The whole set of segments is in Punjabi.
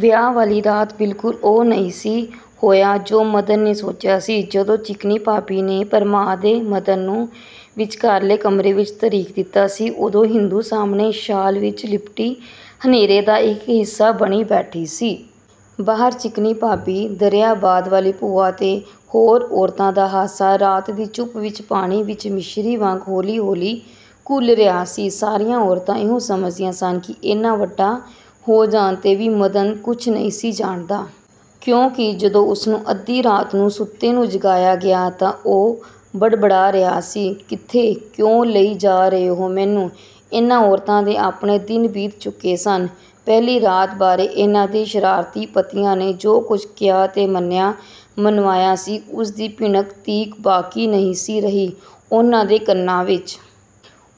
ਵਿਆਹ ਵਾਲੀ ਰਾਤ ਬਿਲਕੁਲ ਉਹ ਨਹੀਂ ਸੀ ਹੋਇਆ ਜੋ ਮਦਨ ਨੇ ਸੋਚਿਆ ਸੀ। ਜਦੋਂ ਚਿਕਨੀ ਭਾਬੀ ਨੇ ਭਰਮਾਅ ਕੇ ਮਦਨ ਨੂੰ ਵਿਚਕਾਰਲੇ ਕਮਰੇ ਵਿਚ ਧਰੀਕ ਦਿਤਾ ਸੀ, ਉਦੋਂ ਇੰਦੂ ਸਾਹਮਣੇ ਸ਼ਾਲ ਵਿਚ ਲਿਪਟੀ, ਹਨੇਰੇ ਦਾ ਇਕ ਹਿੱਸਾ ਬਣੀ ਬੈਠੀ ਸੀ। ਬਾਹਰ ਚਿਕਨੀ ਭਾਬੀ, ਦਰਿਆਬਾਦ ਵਾਲੀ ਭੂਆ ਤੇ ਹੋਰ ਔਰਤਾਂ ਦਾ ਹਾਸਾ, ਰਾਤ ਦੀ ਚੁੱਪ ਵਿਚ ਪਾਣੀ ਵਿਚ ਮਿਸ਼ਰੀ ਵਾਂਗ ਹੌਲੀ–ਹੌਲੀ ਘੁਲ ਰਿਹਾ ਸੀ। ਸਾਰੀਆਂ ਔਰਤਾਂ ਇਹੋ ਸਮਝਦੀਆਂ ਸਨ ਕਿ ਏਨਾ ਵੱਡਾ ਹੋ ਜਾਣ 'ਤੇ ਵੀ ਮਦਨ ਕੁਝ ਨਹੀਂ ਸੀ ਜਾਣਦਾ। ਕਿਉਂਕਿ ਜਦੋਂ ਉਸਨੂੰ ਅੱਧੀ ਰਾਤ ਨੂੰ ਸੁੱਤੇ ਨੂੰ ਜਗਾਇਆ ਗਿਆ ਤਾਂ ਉਹ ਬੜਬੜਾ ਰਿਹਾ ਸੀ-"ਕਿੱਥੇ, ਕਿਉਂ ਲਈ ਜਾ ਰਹੇ ਹੋ ਮੈਨੂੰ? " ਇਹਨਾਂ ਔਰਤਾਂ ਦੇ ਆਪਣੇ ਦਿਨ ਬੀਤ ਚੁੱਕੇ ਸਨ। ਪਹਿਲੀ ਰਾਤ ਬਾਰੇ ਇਹਨਾਂ ਦੇ ਸ਼ਰਾਰਤੀ ਪਤੀਆਂ ਨੇ ਜੋ ਕੁਝ ਕਿਹਾ ਤੇ ਮੰਨਿਆਂ–ਮਨਵਾਇਆ ਸੀ, ਉਸਦੀ ਭਿਣਕ ਤੀਕ ਬਾਕੀ ਨਹੀਂ ਸੀ ਰਹੀ ਉਹਨਾਂ ਦੇ ਕੰਨਾਂ ਵਿਚ।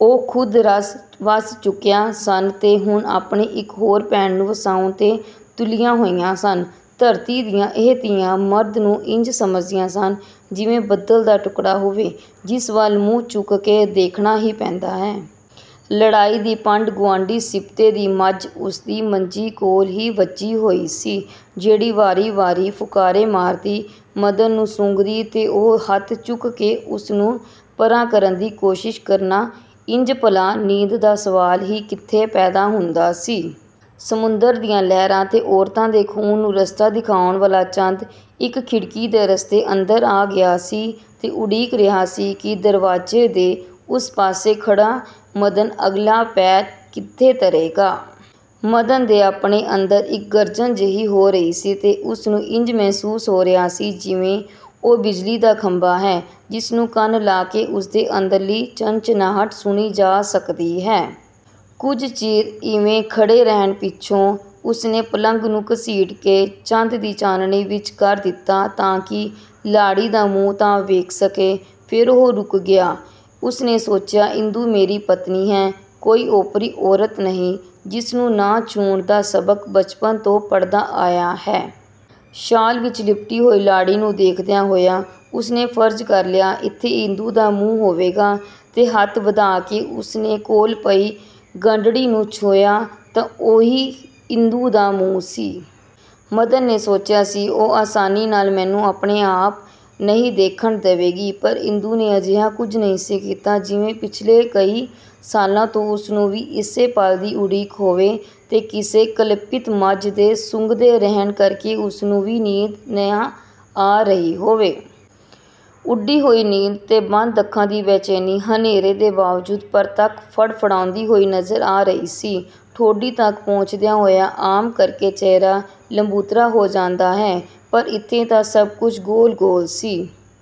ਉਹ ਖ਼ੁਦ ਰਚ–ਵੱਸ ਚੁੱਕੀਆਂ ਸਨ ਤੇ ਹੁਣ ਆਪਣੀ ਇਕ ਹੋਰ ਭੈਣ ਨੂੰ ਵਸਾਉਣ 'ਤੇ ਤੁਲੀਆਂ ਹੋਈਆਂ ਸਨ। ਧਰਤੀ ਦੀਆਂ ਇਹ ਧੀਆਂ ਮਰਦ ਨੂੰ ਇੰਜ ਸਮਝਦੀਆਂ ਸਨ, ਜਿਵੇਂ ਬੱਦਲ ਦਾ ਟੁਕੜਾ ਹੋਵੇ, ਜਿਸ ਵੱਲ ਮੂੰਹ ਚੁੱਕ ਕੇ ਦੇਖਣਾ ਹੀ ਪੈਂਦਾ ਹੈ। ਲੜਾਈ ਦੀ ਪੰਡ ਗੁਆਂਢੀ ਸਿਬਤੇ ਦੀ ਮੱਝ ਉਸਦੀ ਮੰਜੀ ਕੋਲ ਹੀ ਵੱਝੀ ਹੋਈ ਸੀ, ਜਿਹੜੀ ਵਾਰੀ ਵਾਰੀ ਫੁਕਾਰੇ ਮਾਰਦੀ, ਮਦਨ ਨੂੰ ਸੁੰਘਦੀ ਤੇ ਉਹ ਹੱਥ ਚੁੱਕ ਕੇ ਉਸਨੂੰ ਪਰ੍ਹਾਂ ਕਰਨ ਦੀ ਕੋਸ਼ਿਸ਼ ਕਰਦਾ-ਇੰਜ ਭਲਾ ਨੀਂਦ ਦਾ ਸਵਾਲ ਹੀ ਕਿੱਥੇ ਪੈਦਾ ਹੁੰਦਾ ਸੀ? ਸਮੁੰਦਰ ਦੀਆਂ ਲਹਿਰਾਂ ਤੇ ਔਰਤਾਂ ਦੇ ਖ਼ੂਨ ਨੂੰ ਰਸਤਾ ਦਿਖਾਉਣ ਵਾਲਾ ਚੰਦ, ਇਕ ਖਿੜਕੀ ਦੇ ਰਸਤੇ ਅੰਦਰ ਆ ਗਿਆ ਸੀ ਤੇ ਉਡੀਕ ਰਿਹਾ ਸੀ ਕਿ ਦਰਵਾਜ਼ੇ ਦੇ ਉਸ ਪਾਸੇ ਖੜ੍ਹਾ ਮਦਨ ਅਗਲਾ ਪੈਰ ਕਿੱਥੇ ਧਰੇਗਾ? ਮਦਨ ਦੇ ਆਪਣੇ ਅੰਦਰ ਇਕ ਗਰਜਨ ਜਿਹੀ ਹੋ ਰਹੀ ਸੀ ਤੇ ਉਸਨੂੰ ਇੰਜ ਮਹਿਸੂਸ ਹੋ ਰਿਹਾ ਸੀ ਜਿਵੇਂ ਉਹ ਬਿਜਲੀ ਦਾ ਖੰਭਾ ਹੈ ਜਿਸਨੂੰ ਕੰਨ ਲਾ ਕੇ ਉਸਦੇ ਅੰਦਰਲੀ ਝਣਝਣਾਹਟ ਸੁਣੀ ਜਾ ਸਕਦੀ ਹੈ। ਕੁਝ ਚਿਰ ਇਵੇਂ ਖੜ੍ਹੇ ਰਹਿਣ ਪਿੱਛੋਂ ਉਸਨੇ ਪਲੰਘ ਨੂੰ ਘਸੀਟ ਕੇ ਚੰਦ ਦੀ ਚਾਨਣੀ ਵਿਚ ਕਰ ਦਿਤਾ ਤਾਂਕਿ ਲਾੜੀ ਦਾ ਮੂੰਹ ਤਾਂ ਵੇਖ ਸਕੇ। ਫੇਰ ਉਹ ਰੁਕ ਗਿਆ। ਉਸਨੇ ਸੋਚਿਆ ਇੰਦੂ ਮੇਰੀ ਪਤਨੀ ਹੈ, ਕੋਈ ਓਪਰੀ ਔਰਤ ਨਹੀਂ ਜਿਸਨੂੰ ਨਾ ਛੂਹਣ ਦਾ ਸਬਕ ਬਚਪਨ ਤੋਂ ਪੜ੍ਹਦਾ ਆਇਆ ਹੈ। ਸ਼ਾਲ ਵਿਚ ਲਿਪਟੀ ਹੋਈ ਲਾੜੀ ਨੂੰ ਦੇਖਦਿਆਂ ਹੋਇਆਂ ਉਸਨੇ ਫਰਜ਼ ਕਰ ਲਿਆ, ਇੱਥੇ ਇੰਦੂ ਦਾ ਮੂੰਹ ਹੋਵੇਗਾ, ਤੇ ਹੱਥ ਵਧਾਅ ਕੇ ਉਸਨੇ ਕੋਲ ਪਈ ਗੰਢੜੀ ਨੂੰ ਛੂਹਿਆ ਤਾਂ ਉਹੀ ਇੰਦੂ ਦਾ ਮੂੰਹ ਸੀ। ਮਦਨ ਨੇ ਸੋਚਿਆ ਸੀ ਉਹ ਆਸਾਨੀ ਨਾਲ ਮੈਨੂੰ ਆਪਣਾ ਆਪ ਨਹੀਂ ਦੇਖਣ ਦਵੇਗੀ, ਪਰ ਇੰਦੂ ਨੇ ਅਜਿਹਾ ਕੁਝ ਨਹੀਂ ਸੀ ਕੀਤਾ, ਜਿਵੇਂ ਪਿੱਛਲੇ ਕਈ ਸਾਲਾਂ ਤੋਂ ਉਸਨੂੰ ਵੀ ਇਸੇ ਪਲ ਦੀ ਉਡੀਕ ਹੋਵੇ-ਤੇ ਕਿਸੇ ਕਲਪਿਤ ਮੱਝ ਦੇ ਸੁੰਘਦੇ ਰਹਿਣ ਕਰਕੇ ਉਸਨੂੰ ਵੀ ਨੀਂਦ ਨਾ ਆ ਰਹੀ ਹੋਵੇ। ਉੱਡੀ ਹੋਈ ਨੀਂਦ ਤੇ ਬੰਦ ਅੱਖਾਂ ਦੀ ਬੇਚੈਨੀ ਹਨੇਰੇ ਦੇ ਬਾਵਜੂਦ ਪਰਤੱਖ ਫੜਫੜਾਉਂਦੀ ਹੋਈ ਨਜ਼ਰ ਆ ਰਹੀ ਸੀ। ਠੋਡੀ ਤਕ ਪਹੁੰਚਦਿਆਂ ਹੋਇਆਂ ਆਮ ਕਰਕੇ ਚਿਹਰਾ ਲੰਬੂਤਰਾ ਹੋ ਜਾਂਦਾ ਹੈ, ਪਰ ਇੱਥੇ ਤਾਂ ਸਭ ਕੁਝ ਗੋਲ ਗੋਲ ਸੀ।